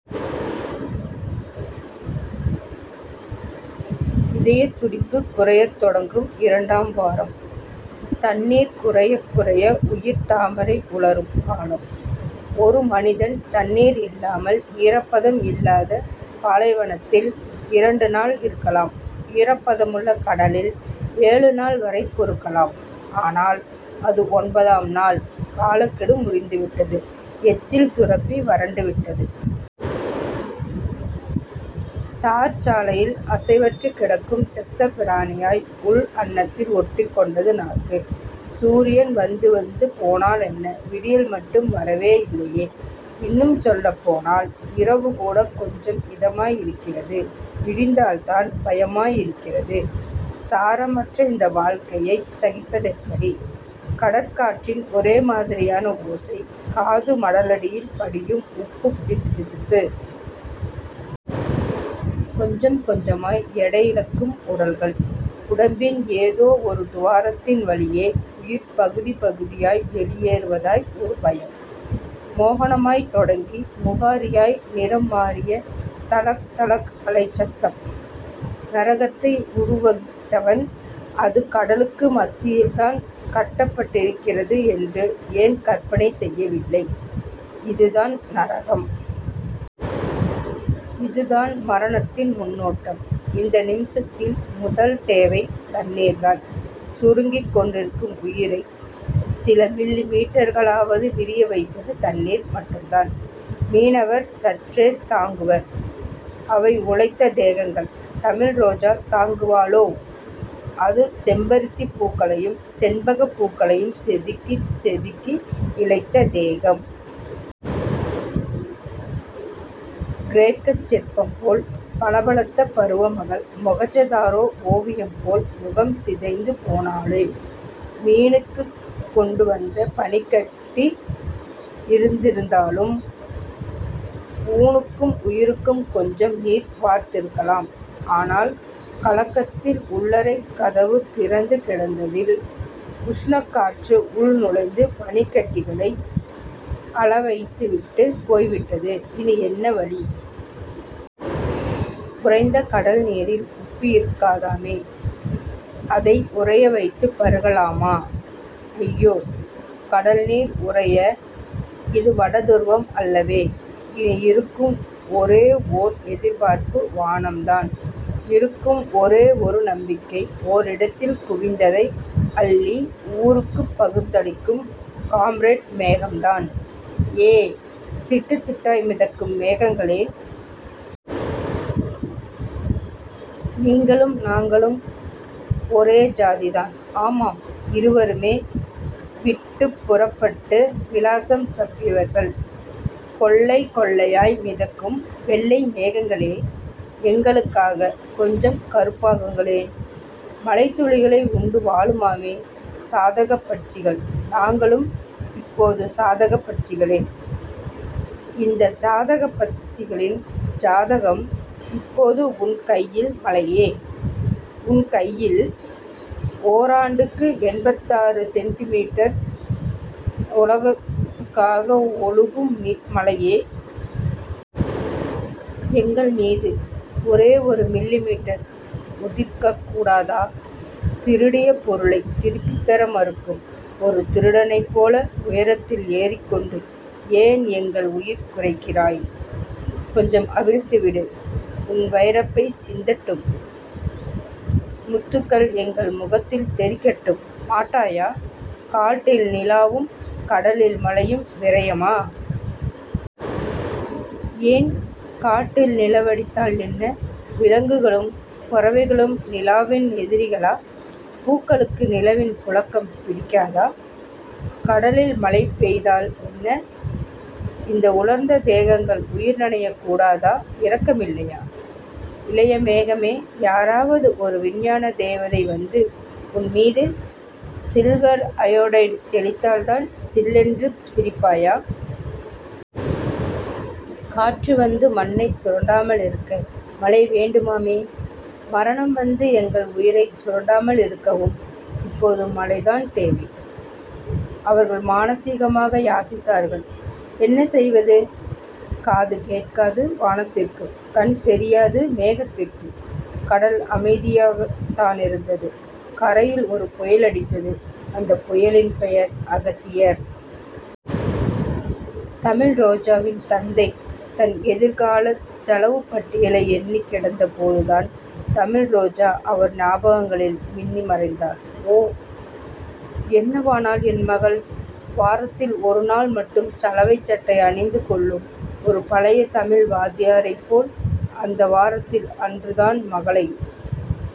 இதயத் துடிப்பு குறையத் தொடங்கும் இரண்டாம் வாரம். தண்ணீர் குறையக் குறைய உயிர்த்தாமரை உலரும் காலம். ஒரு மனிதன் தண்ணீர் இல்லாமல் ஈரப்பதம் இல்லாத பாலைவனத்தில் இரண்டு நாள் இருக்கலாம். ஈரப்பதமுள்ள கடலில் ஏழுநாள்வரை பொறுக்கலாம். ஆனால் அது ஒன்பதாம் நாள். காலக்கெடு முடிந்துவிட்டது. எச்சில் சுரப்பி வறண்டுவிட்டது. தார்ச்சாலையில் அசைவற்றுக் கிடக்கும் செத்தபிராணியாய் உள் அண்ணத்தில் ஒட்டிக்கொண்டது நாக்கு. சூரியன் வந்துவந்து போனாலென்ன. விடியல் மட்டும் வரவே இல்லையே. இன்னும் சொல்லப்போனால் இரவுகூடக் கொஞ்சம் இதமாயிருக்கிறது. விடிந்தால்தான் பயமாயிருக்கிறது. சாரமற்ற இந்த வாழ்க்கையைச் சகிப்பதெப்படி? கடற்காற்றின் ஒரேமாதிரியான ஓசை. காது மடலடியில் படியும் உப்புப் பிசுபிசுப்பு. கொஞ்சம் கொஞ்சமாய் எடையிழக்கும் உடல்கள். உடம்பின் ஏதோ ஒரு துவாரத்தின் வழியே, உயிர் பகுதி பகுதியாய் வெளியேறுவதாய் ஒரு பயம். மோகனமாய்த் தொடங்கி முகாரியாய் நிறம்மாறிய தளக் தளக் அலைச்சத்தம். நரகத்தை உருவகித்தவன் அது கடலுக்கு மத்தியில்தான் கட்டப்பட்டிருக்கிறது என்று ஏன் கற்பனை செய்யவில்லை? இதுதான் நரகம். இதுதான் மரணத்தின் முன்னோட்டம். இந்த நிமிஷத்தின் முதல் தேவை தண்ணீர்தான். சுருங்கிக் கொண்டிருக்கும் உயிரைச் சில மில்லி மீட்டர்களாவது விரியவைப்பது தண்ணீர் மட்டும்தான். மீனவர் சற்றே தாங்குவர். அவை உழைத்த தேகங்கள். தமிழ்ரோஜா தாங்குவாளோ? அது செம்பருத்திப் பூக்களையும் செண்பகப் பூக்களையும் செதுக்கிச் செதுக்கி இழைத்த தேகம். கிரேக்கச் சிற்பம்போல் பளபளத்த பருவமகள், மொகஞ்சதாரோ ஒவியம்போல் முகம் சிதைந்து போனாளே. மீனுக்குக் கொண்டுவந்த பனிக்கட்டி இருந்திருந்தாலும் ஊனுக்கும் உயிருக்கும் கொஞ்சம் நீர் வார்த்திருக்கலாம். ஆனால் கலக்கத்தில் உள்ளறைக் கதவு திறந்து கிடந்ததில் உஷணக்காற்று உள் நுழைந்து பனிக்கட்டிகளை அழவைத்துவிட்டுப் போய்விட்டது. இனி என்ன வழி? உறைந்த கடல்நீரில் உப்பிருக்காதாமே. அதை உறைய வைத்துப் பருகலாமா? அய்யோ. கடல்நீர் உறைய இது வடதுருவம் அல்லவே. இனி இருக்கும் ஒரே ஓர் எதிர்பார்ப்பு வானம்தான். இருக்கும் ஒரே ஒரு நம்பிக்கை ஓரிடத்தில் குவிந்ததை அள்ளி ஊருக்குப் பகிர்ந்தளிக்கும் காம்ரேட் மேகம்தான். ஏ, திட்டுத்திட்டாய் மிதக்கும் மேகங்களே. நீங்களும் நாங்களும் ஒரே ஜாதிதான். ஆமாம். இருவருமே விட்டுப்புறப்பட்டு விலாசம் தப்பியவர்கள். கொள்ளை கொள்ளையாய் மிதக்கும் வெள்ளை மேகங்களே. எங்களுக்காகக் கொஞ்சம் கறுப்பாகுங்களேன். மழைத்துளிகளை உண்டுவாழுமாமே சாதகப்பட்சிகள். நாங்களும் இப்போது சாதகப்பட்சிகளே. இந்தச் சாதகப்பட்சிகளின் ஜாதகம், இப்போது உன் கையில் மழையே... உன் கையில். ஓராண்டுக்கு எண்பத்தாறு சென்டிமீட்டர் உலகத்துக்காக ஒழுகும் மழையே. எங்கள் மீது ஒரே ஒரு மில்லிமீட்டர் உதிர்க்கக் கூடாதா? திருடிய பொருளைத் திருப்பித்தர மறுக்கும் ஒரு திருடனைப் போல உயரத்தில் ஏறிக்கொண்டு ஏன் எங்கள் உயிர் குறைக்கிறாய்? கொஞ்சம் அவிழ்த்துவிடு. உன் வைரப்பை சிந்தட்டும். முத்துக்கள் எங்கள் முகத்தில் தெறிக்கட்டும். மாட்டாயா? காட்டில் நிலாவும் கடலில் மழையும் விரயமா? ஏன்? காட்டில் நிலவடித்தால் என்ன? விலங்குகளும் பறவைகளும் நிலாவின் எதிரிகளா? பூக்களுக்கு நிலவின் புளகம் பிடிக்காதா? கடலில் மழை பெய்தால் என்ன? இந்த உலர்ந்த தேகங்கள் உயிர் நனையக்கூடாதா? இரக்கமில்லையா இளையமேகமே? யாராவது ஒரு விஞ்ஞான தேவதை வந்து உன்மீது சில்வர் அயொடைடு தெளித்தால்தான் சில்லென்று சிரிப்பாயா? காற்று வந்து மண்ணைச் சுரண்டாமலிருக்க மழை வேண்டுமாமே. மரணம் வந்து எங்கள் உயிரைச் சுரண்டாமலிருக்கவும் இப்போது மழைதான் தேவை. அவர்கள் மானசீகமாக யாசித்தார்கள். என்ன செய்வது? காது கேட்காது வானத்திற்கு. கண் தெரியாது மேகத்திற்கு. கடல் அமைதியாகத்தானிருந்தது. கரையில் ஒரு புயலடித்தது. அந்தப் புயலின் பெயர் அகத்தியர். தமிழ்ரோஜாவின் தந்தை. தன் எதிர்காலச் செலவுப்பட்டியலை எண்ணிக் கிடந்தபோதுதான் தமிழ்ரோஜா அவர் ஞாபகங்களில் மின்னி மறைந்தாள். ஓ. என்னவானாள் என் மகள்? வாரத்தில் ஒருநாள் மட்டும் சலவைச்சட்டை அணிந்து கொள்ளும் ஒரு பழைய தமிழ்வாத்தியாரைப் போல அந்த வாரத்தில் அன்றுதான் மகளை